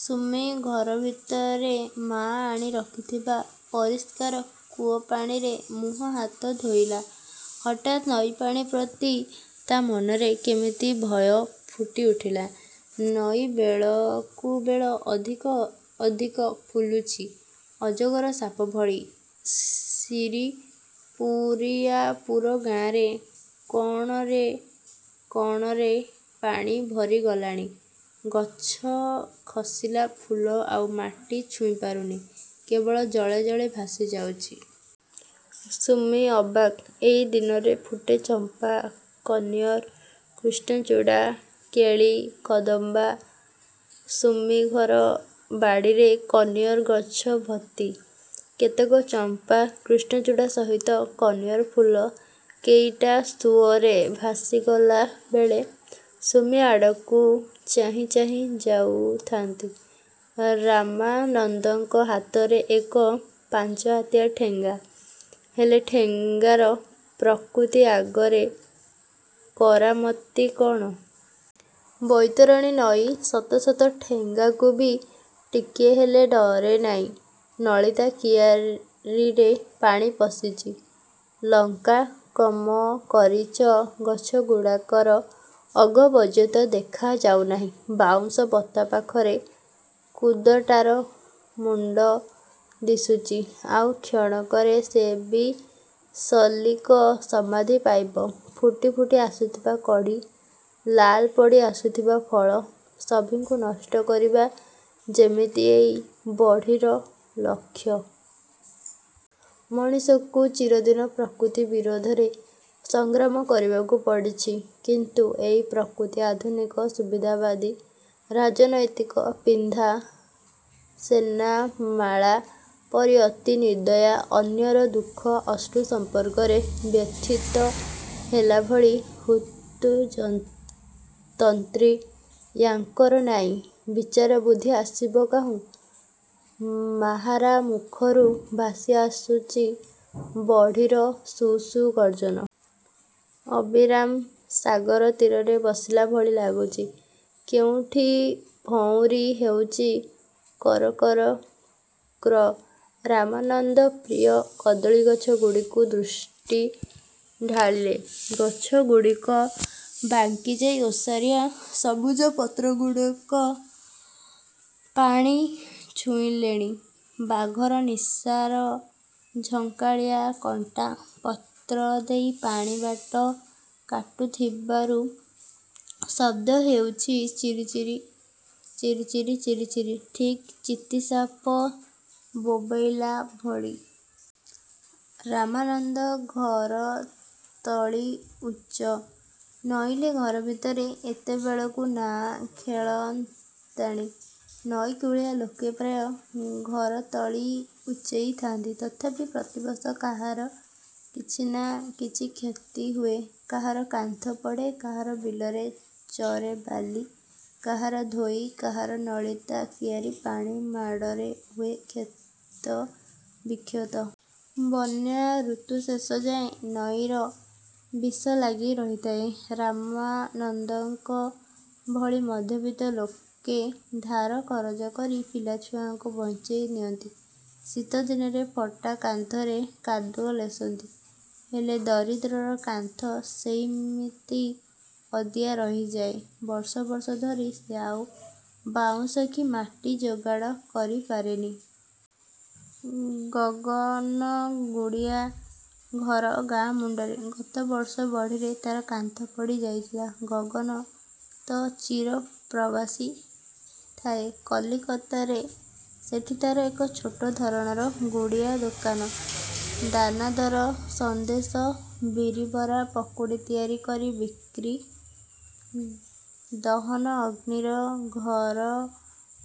ସୁମି ଘରଭିତରେ ମା ଆଣି ରଖିଥିବା ପରିଷ୍କାର କୂଅପାଣିରେ ମୁଁହହାତ ଧୋଇଲା। ହଠାତ୍ ନଈପାଣି ପ୍ରତି ତା' ମନରେ କେମିତି ଭୟ ଫୁଟି ଉଠିଲା। ନଈ ବେଳକୁ ବେଳ ଅଧିକ ଅଧିକ ଫୁଲୁଛି–ଅଜଗର ସାପ ଭଳି। ଶିରିପୁରିଆପୁର ଗାଁରେ କଣରେ କଣରେ ପାଣି ଭରିଗଲାଣି। ଗଛ ଖସିଲା ଫୁଲ ଆଉ ମାଟି ଛୁଇଁପାରୁନି–କେବଳ ଜଳେ ଜଳେ ଭାସିଯାଉଚି। ସୁମି ଅବାକ୍। ଏଇ ଦିନରେ ଫୁଟେ ଚମ୍ପା, କନିଅର, କୃଷ୍ଣଚୂଡ଼ା, କେଳି-କଦମ୍ବ। ସୁମିଘର ବାଡ଼ିରେ କନିଅର ଗଛ ଭର୍ତ୍ତି। କେତେକ ଚମ୍ପା–କୃଷ୍ଣଚୂଡ଼ା ସହିତ କନିଅର ଫୁଲ କେଇଟା ସୁଅରେ ଭାସିଗଲା ବେଳେ ସୁମିଆଡ଼କୁ ଚାହିଁ ଚାହିଁ ଯାଉଥାନ୍ତି। ରାମାନନ୍ଦଙ୍କ ହାତରେ ଏକ ପାଞ୍ଚହାତିଆ ଠେଙ୍ଗା। ହେଲେ, ଠେଙ୍ଗାର ପ୍ରକୃତି ଆଗରେ କରାମତି କଣ? ବୈତରଣୀ ନଈ ଶତ ଶତ ଠେଙ୍ଗାକୁ ବି ଟିକିଏ ହେଲେ ଡରେନାଇଁ। ନଳିତା କିଆରୀରେ ପାଣି ପଶିଚି। ଲଙ୍କାକମକରିଚ ଗଛଗୁଡାକର ଅଗ ପର୍ଯ୍ୟନ୍ତ ଦେଖା ଯାଉନାଇଁ। ବାଉଁଶ ବତା ପାଖର କୁଦଟାର ମୁଣ୍ଡ ଦିଶୁଚି। ଆଉ କ୍ଷଣକରେ ସେ ବି ସଲିଳ ସମାଧି ପାଇବ। ଫୁଟି ଫୁଟି ଆସୁଥିବା କଢ଼ି, ଲାଲ ପଡ଼ି ଆସୁଥିବା ଫଳ–ସଭିଙ୍କୁ ନଷ୍ଟ କରିବା ଯେମିତି ଏଇ ବଢ଼ିର ଲକ୍ଷ୍ୟ। ମଣିଷକୁ ଚିରଦିନ ପ୍ରକୃତି ବିରୋଧରେ ସଂଗ୍ରାମ କରିବାକୁ ପଡ଼ିଛି କିନ୍ତୁ ଏଇ ପ୍ରକୃତି ଆଧୁନିକ ସୁବିଧାବାଦୀ ରାଜନୈତିକ ପିନ୍ଧା ସେନାମାଳା ପରି ଅତି ନିର୍ଦ୍ଦୟ। ଅନ୍ୟର ଦୁଃଖ-ଅଶ୍ରୁ ସମ୍ପର୍କରେ ବ୍ୟଥିତ ହେଲାଭଳି ହୃତ୍-ତନ୍ତ୍ରୀ ୟା'ଙ୍କର ନାଇଁ। ବିଚାର ବୁଦ୍ଧି ଆସିବ କାହୁଁ? ମାହାରା ମୁଖରୁ ଭାସି ଆସୁଚି ବଢ଼ିର ସୁ-ସୁ ଗର୍ଜନ। ଅବିରାମ। ସାଗର ତୀରରେ ବସିଲା ଭଳି ଲାଗୁଚି। କେଉଁଠି ଭଉଁରୀ ହେଉଚି–କର୍-କର୍ କ୍ର। ରାମାନନ୍ଦ ପ୍ରିୟ କଦଳୀଗଛଗୁଡ଼ିକୁ ଦୃଷ୍ଟି ଢାଳିଲେ। ଗଛଗୁଡ଼ିକ ବାଙ୍କିଯାଇ ଓସାରିଆ ସବୁଜ ପତ୍ରଗୁଡାକ ପାଣି ଛୁଇଁଲେଣି। ବାଘର ନିଶାର ଝଙ୍କାଳିଆ କଣ୍ଟା, ପତ୍ରଦେଇ ପାଣି ବାଟ କାଟୁଥିବାରୁ ଶବ୍ଦ ହେଉଚି–ଚିରି-ଚିରି-ଚିରି–ଠିକ୍ ଚିତିସାପ ବୋବେଇଲା ଭଳି। ରାମାନନ୍ଦ ଘରତଳି ଉଚ୍ଚ। ନଇଲେ ଘର ଭିତରେ ଏତେବେଳକୁ ନାଆ ଖେଳନ୍ତାଣି। ନଈକୂଳିଆ ଲୋକେ ପ୍ରାୟ ଘରତଳି ଉଚ୍ଚେଇଥାନ୍ତି। ତଥାପି ପ୍ରତିବର୍ଷ କାହାର କିଛି ନା କିଛି କ୍ଷତି ହୁଏ। କାହାର କାନ୍ଥ ପଡ଼େ–କାହାର ବିଲରେ ଚରେ ବାଲି–କାହାର ଧୋଇ। କାହାର ନଳିତା କିଆରୀ ପାଣି ମାଡ଼ରେ ହୁଏ କ୍ଷତବିକ୍ଷତ। ବନ୍ୟା ଋତୁ ଶେଷ ଯାଏଁ ନଈର ବିଷ ଲାଗି ରହିଥାଏ। ରାମାନନ୍ଦଙ୍କ ଭଳି ମଧ୍ୟବିତ୍ତ ଲୋକେ ଧାର କରଜ କରି ପିଲା ଛୁଆଙ୍କୁ ବଞ୍ଚେଇ ନିଅନ୍ତି। ଶୀତ ଦିନରେ ଫଟା କାନ୍ଥରେ କାଦୁଅ ଲେସନ୍ତି। ହେଲେ ଦରିଦ୍ରର କାନ୍ଥ ସେଇମିତି ଅଦିଆ ରହିଯାଏ। ବର୍ଷ ବର୍ଷ ଧରି ସେ ଆଉ ବାଉଁଶ କି ମାଟି ଯୋଗାଡ଼ କରିପାରେନି। ଗଗନଗୁଡ଼ିଆ ଘର ଗାଁ-ମୁଣ୍ଡରେ। ଗତ ବର୍ଷ ବଢ଼ିରେ ତାର କାନ୍ଥ ପଡ଼ି ଯାଇଥିଲା। ଗଗନ ତ ଚିର ପ୍ରବାସୀ। ଥାଏ କଲିକତାରେ। ସେଠି ତାର ଏକ ଛୋଟ ଧରଣର ଗୁଡ଼ିଆ ଦୋକାନ। ଦାନାଦାର, ସନ୍ଦେଶ, ବିରିବରା, ପକୁଡ଼ି ତିଆରି କରି ବିକ୍ରି। ଦହନ ଅଗ୍ନିର ଘର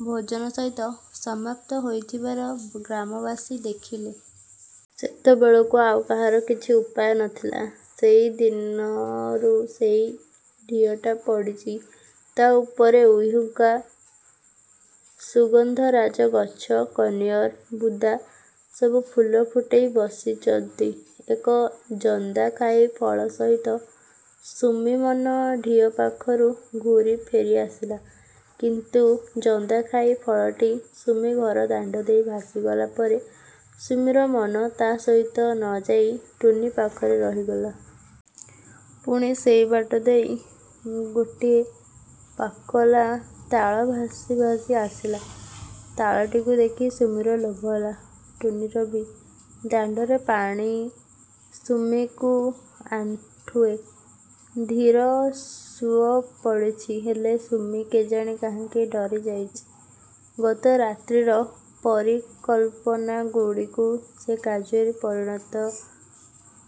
ଭୋଜନ ସହିତ ସମାପ୍ତ ହୋଇଥିବାର ଗ୍ରାମବାସୀ ଦେଖିଲେ। ସେତେବେଳକୁ ଆଉ କାହାର କିଛି ଉପାୟ ନଥିଲା। ସେଇଦିନରୁ ସେଇ ଢିଅଟା ପଡ଼ିଚି। ତା ଉପରେ ଉଈହୁଙ୍କା। ସୁଗନ୍ଧରାଜ ଗଛ–କନିଅର ବୁଦା ସବୁ ଫୁଲ ଫୁଟେଇ ବସିଚନ୍ତି। ଏକ ଜନ୍ଦାଖାଇ ଫଳ ସହିତ ସୁମି ମନ ଢିଅ ପାଖରୁ ଘୂରି ଫେରି ଆସିଲା। କିନ୍ତୁ ଜନ୍ଦାଖାଇ ଫଳଟି ସୁମି-ଘର ଦାଣ୍ଡଦେଇ ଭାସିଗଲା ପରେ ସୁମିର ମନ ତା ସହିତ ନଯାଇ ଟୁନୀ ପାଖରେ ରହିଗଲା। ପୁଣି ସେଇବାଟ ଦେଇ ଗୋଟିଏ ପାକଲା ତାଳ ଭାସି ଭାସି ଆସିଲା, ତାଳଟିକୁ ଦେଖି ସୁମିର ଲୋଭ ହେଲା। ଟୁନୀର ବି। ଦାଣ୍ଡରେ ପାଣି ସୁମିକୁ ଆଣ୍ଠୁଏ;–ଧୀର ସୁଅ ପଡ଼ିଚି। ହେଲେ ସୁମି କେଜାଣି କାହିଁକି ଡରି ଯାଇଚି। ଗତ ରାତ୍ରିର ପରିକଳ୍ପନାଗୁଡ଼ିକୁ ସେ କାର୍ଯ୍ୟରେ ପରିଣତ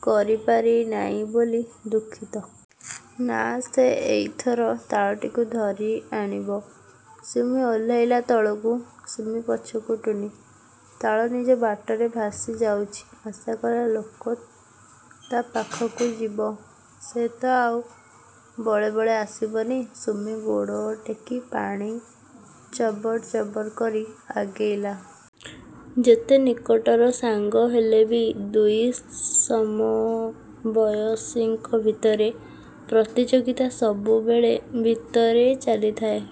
କରିପାରି ନାଇଁ ବୋଲି ଦୁଃଖିତ। ନା–ସେ ଏଇଥର ତାଳଟିକୁ ଧରି ଆଣିବ। ସୁମି ଓହ୍ଲେଇଲା ତଳକୁ। ସୁମି ପଛକୁ ଟୁନୀ। ତାଳ ନିଜ ବାଟରେ ଭାସି ଯାଉଛି। ଆଶା କଲା ଲୋକ ତା ପାଖକୁ ଯିବ। ସେ ତ ଆଉ ବଳେ ବଳେ ଆସିବନି। ସୁମି ଗୋଡ଼ ଟେକି ପାଣି ଚବର୍ ଚବର୍ କରି ଆଗେଇଲା। ଯେତେ ନିକଟର ସାଙ୍ଗ ହେଲେ ବି ଦୁଇ ସମବୟସୀଙ୍କ ଭିତରେ ପ୍ରତିଯୋଗିତା ସବୁବେଳେ ଭିତରେ ଚାଲିଥାଏ।